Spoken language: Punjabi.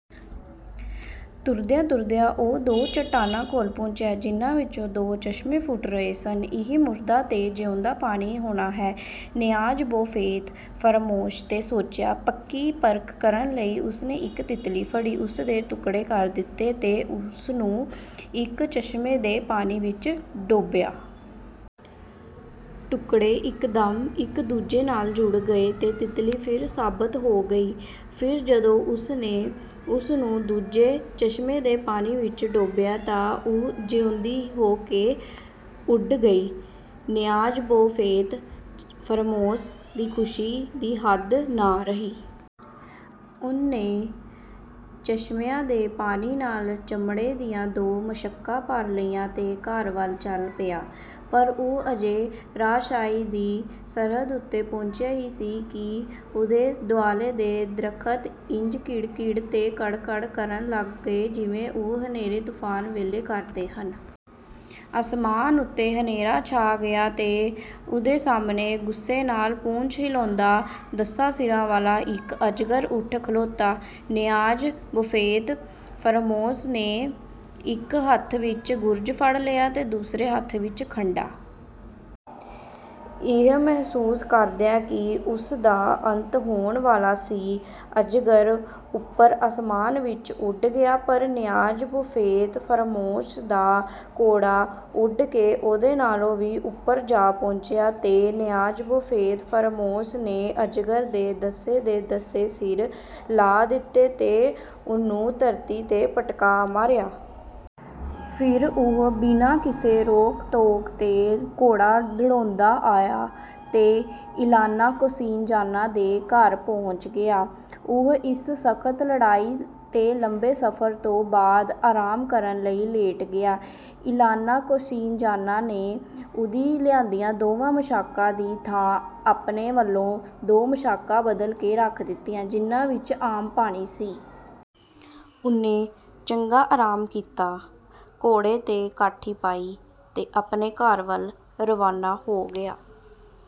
ਤੁਰਦਿਆਂ-ਤੁਰਦਿਆਂ ਉਹ ਦੋ ਚਟਾਨਾਂ ਕੋਲ ਪਹੁੰਚਿਆ, ਜਿਨ੍ਹਾਂ ਵਿੱਚੋਂ ਦੋ ਚਸ਼ਮੇ ਫੁੱਟ ਰਹੇ ਸਨ। "ਇਹੀ ਮੁਰਦਾ ਤੇ ਜਿਊਂਦਾ ਪਾਣੀ ਹੋਣਾ ਹੈ," ਨਿਆਜ਼-ਬੋ ਫ਼ੇਤ-ਫ਼ਰੂਮੋਸ ਨੇ ਸੋਚਿਆ। ਪੱਕੀ ਪਰਖ ਕਰਨ ਲਈ ਉਹਨੇ ਇੱਕ ਤਿਤਲੀ ਫੜੀ, ਉਹਦੇ ਟੁਕੜੇ ਕਰ ਦਿੱਤੇ ਤੇ ਉਹਨੂੰ ਇੱਕ ਚਸ਼ਮੇ ਦੇ ਪਾਣੀ ਵਿੱਚ ਡੋਬਿਆ। ਟੁਕੜੇ ਇੱਕਦਮ ਇੱਕ-ਦੂਜੇ ਨਾਲ ਜੁੜ ਗਏ ਤੇ ਤਿਤਲੀ ਫਿਰ ਸਾਬਤ ਹੋ ਗਈ। ਫਿਰ ਜਦੋਂ ਉਹਨੇ ਉਹਨੂੰ ਦੂਜੇ ਚਸ਼ਮੇ ਦੇ ਪਾਣੀ ਵਿੱਚ ਡੋਬਿਆ, ਤਾਂ ਉਹ ਜਿਊਂਦੀ ਹੋ ਕੇ ਉੱਡ ਪਈ। ਨਿਆਜ਼-ਬੋ ਫ਼ੇਤ-ਫ਼ਰੂਮੋਸ ਦੀ ਖ਼ੁਸ਼ੀ ਦੀ ਹੱਦ ਨਾ ਰਹੀ। ਉਹਨੇ ਚਸ਼ਮਿਆਂ ਦੇ ਪਾਣੀ ਨਾਲ ਚਮੜੇ ਦੀਆਂ ਦੋ ਮਸ਼ਕਾਂ ਭਰ ਲਈਆਂ ਤੇ ਘਰ ਵੱਲ ਚੱਲ ਪਿਆ। ਪਰ ਉਹ ਅਜੇ ਰਾਜ-ਸ਼ਾਹੀ ਦੀ ਸਰਹੱਦ ਉੱਤੇ ਪਹੁੰਚਿਆ ਹੀ ਸੀ ਕਿ ਉਹਦੇ ਦੁਆਲੇ ਦੇ ਦਰਖ਼ਤ ਇੰਜ ਕਿੜ-ਕਿੜ ਤੇ ਕੜ-ਕੜ ਕਰਨ ਲੱਗ ਪਏ ਜਿਵੇਂ ਉਹ ਹਨੇਰੀ-ਤੂਫ਼ਾਨ ਵੇਲੇ ਕਰਦੇ ਹਨ। ਅਸਮਾਨ ਉੱਤੇ ਹਨੇਰਾ ਛਾ ਗਿਆ ਤੇ ਉਹਦੇ ਸਾਹਮਣੇ, ਗੁੱਸੇ ਨਾਲ ਪੂਛ ਹਿਲਾਉਂਦਾ, ਦੱਸਾਂ ਸਿਰਾਂ ਵਾਲਾ ਇੱਕ ਅਜਗਰ ਉੱਠ ਖਲੋਤਾ। ਨਿਆਜ਼-ਬੋ ਫ਼ੇਤ-ਫ਼ਰੂਮੋਸ ਨੇ ਇੱਕ ਹੱਥ ਵਿੱਚ ਗੁਰਜ਼ ਫੜ ਲਿਆ ਤੇ ਦੂਜੇ ਹੱਥ ਵਿੱਚ ਖੰਡਾ। ਇਹ ਮਹਿਸੂਸ ਕਰਦਿਆਂ ਕਿ ਉਹਦਾ ਅੰਤ ਹੋਣ ਵਾਲਾ ਸੀ, ਅਜਗਰ ਉੱਪਰ ਅਸਮਾਨ ਵਿੱਚ ਉੱਡ ਗਿਆ। ਪਰ ਨਿਆਜ਼-ਬੋ ਫ਼ੇਤ-ਫ਼ਰੂਮੋਸ ਦਾ ਘੋੜਾ ਉੱਡ ਕੇ ਉਹਦੇ ਨਾਲੋਂ ਵੀ ਉੱਪਰ ਜਾ ਪਹੁੰਚਿਆ ਤੇ ਨਿਆਜ਼-ਬੋ ਫ਼ੇਤ-ਫ਼ਰੂਮੋਸ ਨੇ ਅਜਗਰ ਦੇ ਦੱਸੇ ਦੇ ਦੱਸ ਸਿਰ ਲਾਹ ਦਿੱਤੇ ਤੇ ਉਹਨੂੰ ਧਰਤੀ 'ਤੇ ਪਟਕਾ ਮਾਰਿਆ। ਫ਼ਿਰ ਉਹ ਬਿਨਾਂ ਕਿਸੇ ਰੋਕ-ਟੋਕ ਦੇ ਘੋੜਾ ਦੁੜਾਉਂਦਾ ਆਇਆ ਤੇ ਇਲਾਨਾ ਕੋਸਿਨਜ਼ਾਨਾ ਦੇ ਘਰ ਪਹੁੰਚ ਗਿਆ। ਉਹ ਇਸ ਸਖ਼ਤ ਲੜਾਈ ਤੇ ਲੰਮੇ ਸਫ਼ਰ ਤੋਂ ਬਾਅਦ ਆਰਾਮ ਕਰਨ ਲਈ ਲੇਟ ਗਿਆ। ਇਲਾਨਾ ਕੋਸਿਨਜ਼ਾਨਾ ਨੇ ਉਹਦੀਆਂ ਲਿਆਂਦੀਆਂ ਦੋਵਾਂ ਮਸ਼ਕਾਂ ਦੀ ਥਾਂ ਆਪਣੇ ਵੱਲੋਂ ਦੋ ਮਸ਼ਕਾਂ ਬਦਲ ਕੇ ਰੱਖ ਦਿੱਤੀਆਂ, ਜਿਨ੍ਹਾਂ ਵਿੱਚ ਆਮ ਪਾਣੀ ਸੀ। ਉਹਨੇ ਚੰਗਾ ਆਰਾਮ ਕੀਤਾ, ਘੋੜੇ 'ਤੇ ਕਾਠੀ ਪਾਈ ਤੇ ਆਪਣੇ ਘਰ ਵੱਲ ਰਵਾਨਾ ਹੋ ਗਿਆ।